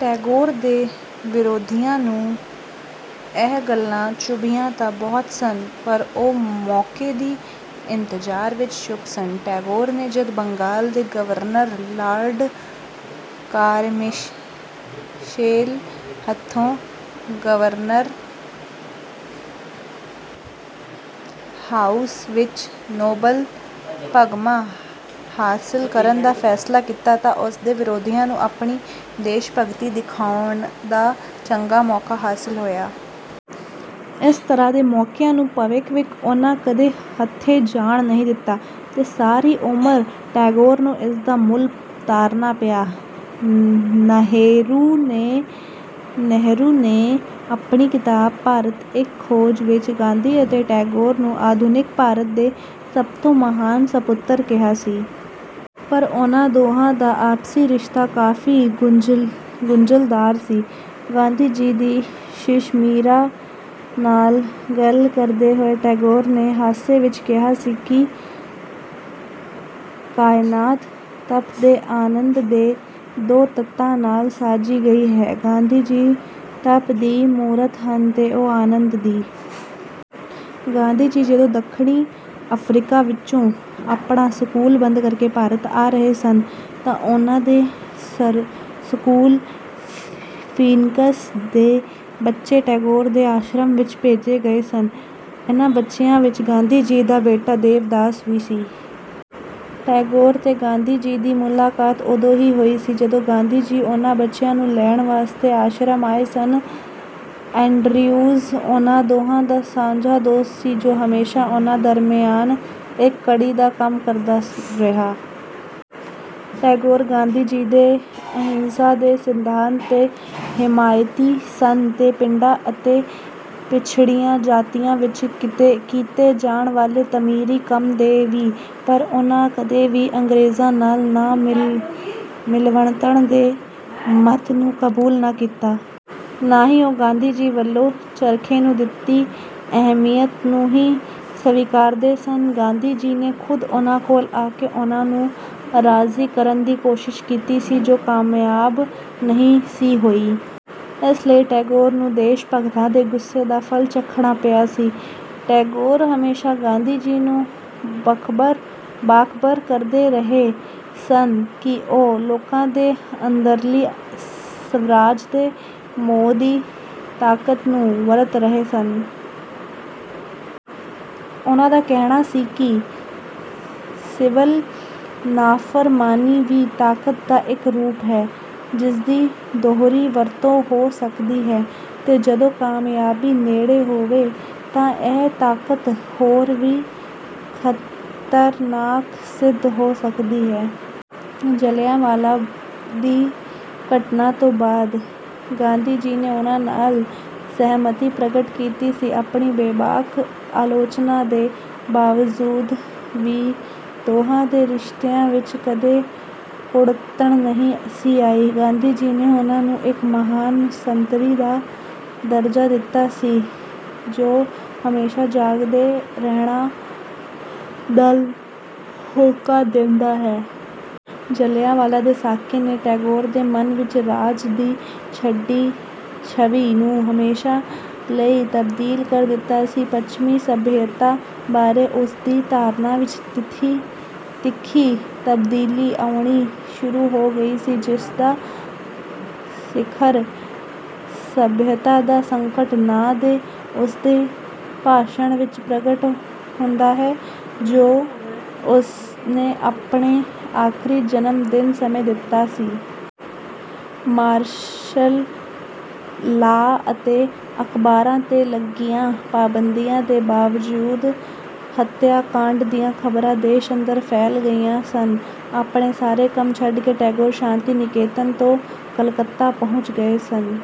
"ਟੈਗੋਰ ਦੇ ਵਿਰੋਧੀਆਂ ਨੂੰ ਇਹ ਗੱਲਾਂ ਚੁਭੀਆਂ ਤਾਂ ਬਹੁਤ ਸਨ। ਪਰ ਉਹ ਮੌਕੇ ਦੀ ਇੰਤਜ਼ਾਰ ਵਿੱਚ ਚੁੱਪ ਸਨ। ਟੈਗੋਰ ਨੇ ਜਦ ਬੰਗਾਲ ਦੇ ਗਵਰਨਰ ਲਾਰਡ ਕਾਰਿਮਿਸ਼ੇਲ ਹੱਥੋਂ ਗਵਰਨਰ ਹਾਊਸ ਵਿੱਚ ਨੋਬਲ ਤਗਮਾ ਹਾਸਿਲ ਕਰਨ ਦਾ ਫ਼ੈਸਲਾ ਕੀਤਾ ਤਾਂ ਉਸਦੇ ਵਿਰੋਧੀਆਂ ਨੂੰ ਆਪਣੀ ਦੇਸ਼ਭਗਤੀ ਦਿਖਾਉਣ ਦਾ ਚੰਗਾ ਮੌਕਾ ਹਾਸਿਲ ਹੋਇਆ। ਇਸ ਤਰ੍ਹਾਂ ਦੇ ਮੌਕਿਆਂ ਨੂੰ ਭਵਿਖ ਵਿੱਚ ਉਨ੍ਹਾ ਕਦੇ ਹੱਥੋਂ ਜਾਣ ਨਹੀਂ ਦਿੱਤਾ, ਤੇ ਸਾਰੀ ਉਮਰ ਟੈਗੋਰ ਨੂੰ ਇਸਦਾ ਮੁੱਲ ਤਾਰਨਾ ਪਿਆ। ਨਹਿਰੂ ਨੇ ਆਪਣੀ ਕਿਤਾਬ "ਭਾਰਤ ਇੱਕ ਖੋਜ" ਵਿੱਚ ਗਾਂਧੀ ਅਤੇ ਟੈਗੋਰ ਨੂੰ ਆਧੁਨਿਕ ਭਾਰਤ ਦੇ ਸਭ ਤੋਂ ਮਹਾਨ ਸਪੁੱਤਰ ਕਿਹਾ ਸੀ। ਪਰ ਉਨ੍ਹਾ ਦੋਹਾਂ ਦਾ ਆਪਸੀ ਰਿਸ਼ਤਾ ਕਾਫ਼ੀ ਗੁੰਝਲਦਾਰ ਸੀ। ਗਾਂਧੀ ਜੀ ਦੀ ਸ਼ਿਸ਼ ਮੀਰਾਂ ਨਾਲ ਗੱਲ ਕਰਦੇ ਹੋਏ ਟੈਗੋਰ ਨੇ ਹਾਸੇ ਵਿੱਚ ਕਿਹਾ ਸੀ ਕਿ ਕਾਇਨਾਤ ਤੱਪ ਤੇ ਆਨੰਦ ਦੇ ਦੋ ਤੱਤਾਂ ਨਾਲ ਸਾਜੀ ਗਈ ਹੈ, ਗਾਂਧੀ ਜੀ ਤੱਪ ਦੀ ਮੂਰਤ ਹਨ ਤੇ ਉਹ ਆਨੰਦ ਦੀ। ਗਾਂਧੀ ਜੀ ਜਦੋਂ ਦੱਖਣੀ ਅਫ਼ਰੀਕਾ ਵਿੱਚੋਂ ਆਪਣਾ ਸਕੂਲ ਬੰਦ ਕਰਕੇ ਭਾਰਤ ਆ ਰਹੇ ਸਨ ਤਾਂ ਉਨ੍ਹਾ ਦੇ ਸਕੂਲ "ਫ਼ੀਨਕਸ" ਦੇ ਬੱਚੇ ਟੈਗੋਰ ਦੇ ਆਸ਼ਰਮ ਵਿੱਚ ਭੇਜੇ ਗਏ ਸਨ। ਇਨ੍ਹਾ ਬੱਚਿਆਂ ਵਿੱਚ ਗਾਂਧੀ ਜੀ ਦਾ ਬੇਟਾ ਦੇਵਦਾਸ ਵੀ ਸੀ। ਟੈਗੋਰ ਤੇ ਗਾਂਧੀ ਜੀ ਦੀ ਮੁਲਾਕਾਤ ਉਦੋਂ ਹੀ ਹੋਈ ਸੀ ਜਦੋਂ ਗਾਂਧੀ ਜੀ ਉਨ੍ਹਾ ਬੱਚਿਆਂ ਨੂੰ ਲੈਣ ਵਾਸਤੇ ਆਸ਼ਰਮ ਆਏ ਸਨ। ਐਂਡਰੀਉਜ਼ ਉਨ੍ਹਾ ਦੋਹਾਂ ਦਾ ਸਾਂਝਾ ਦੋਸਤ ਸੀ ਜੋ ਹਮੇਸ਼ਾਂ ਉਨ੍ਹਾ ਦਰਮਿਆਨ ਇੱਕ ਕੜੀ ਦਾ ਕੰਮ ਕਰਦਾ ਰਿਹਾ। ਟੈਗੋਰ ਗਾਂਧੀ ਜੀ ਦੇ ਅਹਿੰਸਾ ਦੇ ਸਿਧਾਂਤ ਦੇ ਹਿਮਾਇਤੀ ਸਨ ਤੇ ਪਿੰਡਾਂ ਅਤੇ ਪਿਛੜੀਆਂ ਜਾਤੀਆਂ ਵਿੱਚ ਕੀਤੇ ਜਾਣ ਵਾਲੇ ਤਮੀਰੀ ਕੰਮ ਦੇ ਵੀ। ਪਰ ਉਨ੍ਹਾ ਕਦੇ ਵੀ ਅੰਗਰੇਜ਼ਾਂ ਨਾਲ ਨਾ-ਮਿਲਵਰਤਣ ਦੇ ਮਤ ਨੂੰ ਕਬੂਲ ਨਾ ਕੀਤਾ। ਨਾ ਹੀ ਉਹ ਗਾਂਧੀ ਜੀ ਵੱਲੋਂ ਚਰਖੇ ਨੂੰ ਦਿੱਤੀ ਅਹਿਮੀਅਤ ਨੂੰ ਹੀ ਸਵੀਕਾਰਦੇ ਸਨ। ਗਾਂਧੀ ਜੀ ਨੇ ਖੁਦ ਉਨ੍ਹਾ ਕੋਲ ਆ ਕੇ ਉਨ੍ਹਾ ਨੂੰ ਰਾਜ਼ੀ ਕਰਨ ਦੀ ਕੋਸ਼ਿਸ਼ ਕੀਤੀ ਸੀ ਜੋ ਕਾਮਯਾਬ ਨਹੀਂ ਸੀ ਹੋਈ। ਇਸ ਲਈ ਟੈਗੋਰ ਨੂੰ ਦੇਸ਼ਭਗਤਾਂ ਦੇ ਗੁੱਸੇ ਦਾ ਫਲ ਚਖਣਾ ਪਿਆ ਸੀ। ਟੈਗੋਰ ਹਮੇਸ਼ਾ ਗਾਂਧੀ ਜੀ ਨੂੰ ਬਾਖਬਰ ਕਰਦੇ ਰਹੇ ਸਨ ਕਿ ਉਹ ਲੋਕਾਂ ਦੇ ਅੰਦਰਲੀ ਸਵਰਾਜ ਦੇ ਮੋਹ ਦੀ ਤਾਕਤ ਨੂੰ ਵਰਤ ਰਹੇ ਹਨ। ਉਨ੍ਹਾ ਦਾ ਕਹਿਣਾ ਸੀ ਕਿ ਸਿਵਲ ਨਾਫ਼ਰਮਾਨੀ ਵੀ ਤਾਕਤ ਦਾ ਇੱਕ ਰੂਪ ਹੈ, ਜਿਸਦੀ ਦੋਹਰੀ ਵਰਤੋਂ ਹੋ ਸਕਦੀ ਹੈ ਤੇ ਜਦੋਂ ਕਾਮਯਾਬੀ ਨੇੜੇ ਹੋਵੇ ਤਾਂ ਇਹ ਤਾਕਤ ਹੋਰ ਵੀ ਖਤਰਨਾਕ ਸਿੱਧ ਹੋ ਸਕਦੀ ਹੈ। ਜਲਿਆਂਵਾਲਾ ਦੀ ਘਟਨਾ ਤੋਂ ਬਾਦ ਗਾਂਧੀ ਜੀ ਨੇ ਉਨ੍ਹਾ ਨਾਲ ਸਹਿਮਤੀ ਪ੍ਰਗਟ ਕੀਤੀ ਸੀ। ਆਪਣੀ ਬੇਬਾਕ ਆਲੋਚਨਾ ਦੇ ਬਾਵਜੂਦ ਵੀ ਦੋਹਾਂ ਦੇ ਰਿਸ਼ਤਿਆਂ ਵਿੱਚ ਕਦੇ ਕੁੜਤਣ ਨਹੀਂ ਸੀ ਆਈ। ਗਾਂਧੀ ਜੀ ਨੇ ਉਨ੍ਹਾ ਨੂੰ ਇੱਕ "ਮਹਾਨ ਸੰਤਰੀ" ਦਾ ਦਰਜਾ ਦਿੱਤਾ ਸੀ ਜੋ ਹਮੇਸ਼ਾ ਜਾਗਦੇ ਰਹਿਣ ਦਾ ਹੋਕਾ ਦਿੰਦਾ ਹੈ। ਜਲਿਆਂਵਾਲਾ ਦੇ ਸਾਕੇ ਨੇ ਟੈਗੋਰ ਦੇ ਮਨ ਵਿੱਚ "ਰਾਜ" ਦੀ ਛਵੀ ਨੂੰ ਹਮੇਸ਼ਾ ਲਈ ਤਬਦੀਲ ਕਰ ਦਿੱਤਾ ਸੀ। ਪਛਮੀ ਸਭਿਅਤਾ ਬਾਰੇ ਉਸਦੀ ਧਾਰਨਾ ਵਿੱਚ ਤਿੱਖੀ ਤਬਦੀਲੀ ਆਉਣੀ ਸ਼ੁਰੂ ਹੋ ਗਈ ਸੀ, ਜਿਸਦਾ ਸਿਖਰ "ਸਭਿਅਤਾ ਦਾ ਸੰਕਟ" ਨਾਂ ਦੇ ਉਸਦੇ ਭਾਸ਼ਣ ਵਿੱਚ ਪ੍ਰਗਟ ਹੁੰਦਾ ਹੈ ਜੋ ਉਸਨੇ ਆਪਣੇ ਆਖਰੀ ਜਨਮਦਿਨ ਸਮੇਂ ਦਿੱਤਾ ਸੀ। ਮਾਰਸ਼ਲ ਲਾਅ ਅਤੇ ਅਖਬਾਰਾਂ 'ਤੇ ਲੱਗੀਆਂ ਪਾਬੰਦੀਆਂ ਦੇ ਬਾਵਜੂਦ ਹਤਿਆਕਾੰਡ ਦੀਆਂ ਖਬਰਾਂ ਦੇਸ਼ ਅੰਦਰ ਫੈਲ ਗਈਆਂ ਸਨ। ਆਪਣੇ ਸਾਰੇ ਕੰਮ ਛੱਡ ਕੇ ਟੈਗੋਰ ਸ਼ਾਂਤੀ-ਨਿਕੇਤਨ ਤੋਂ ਕਲਕੱਤਾ ਪਹੁੰਚ ਗਏ ਸਨ।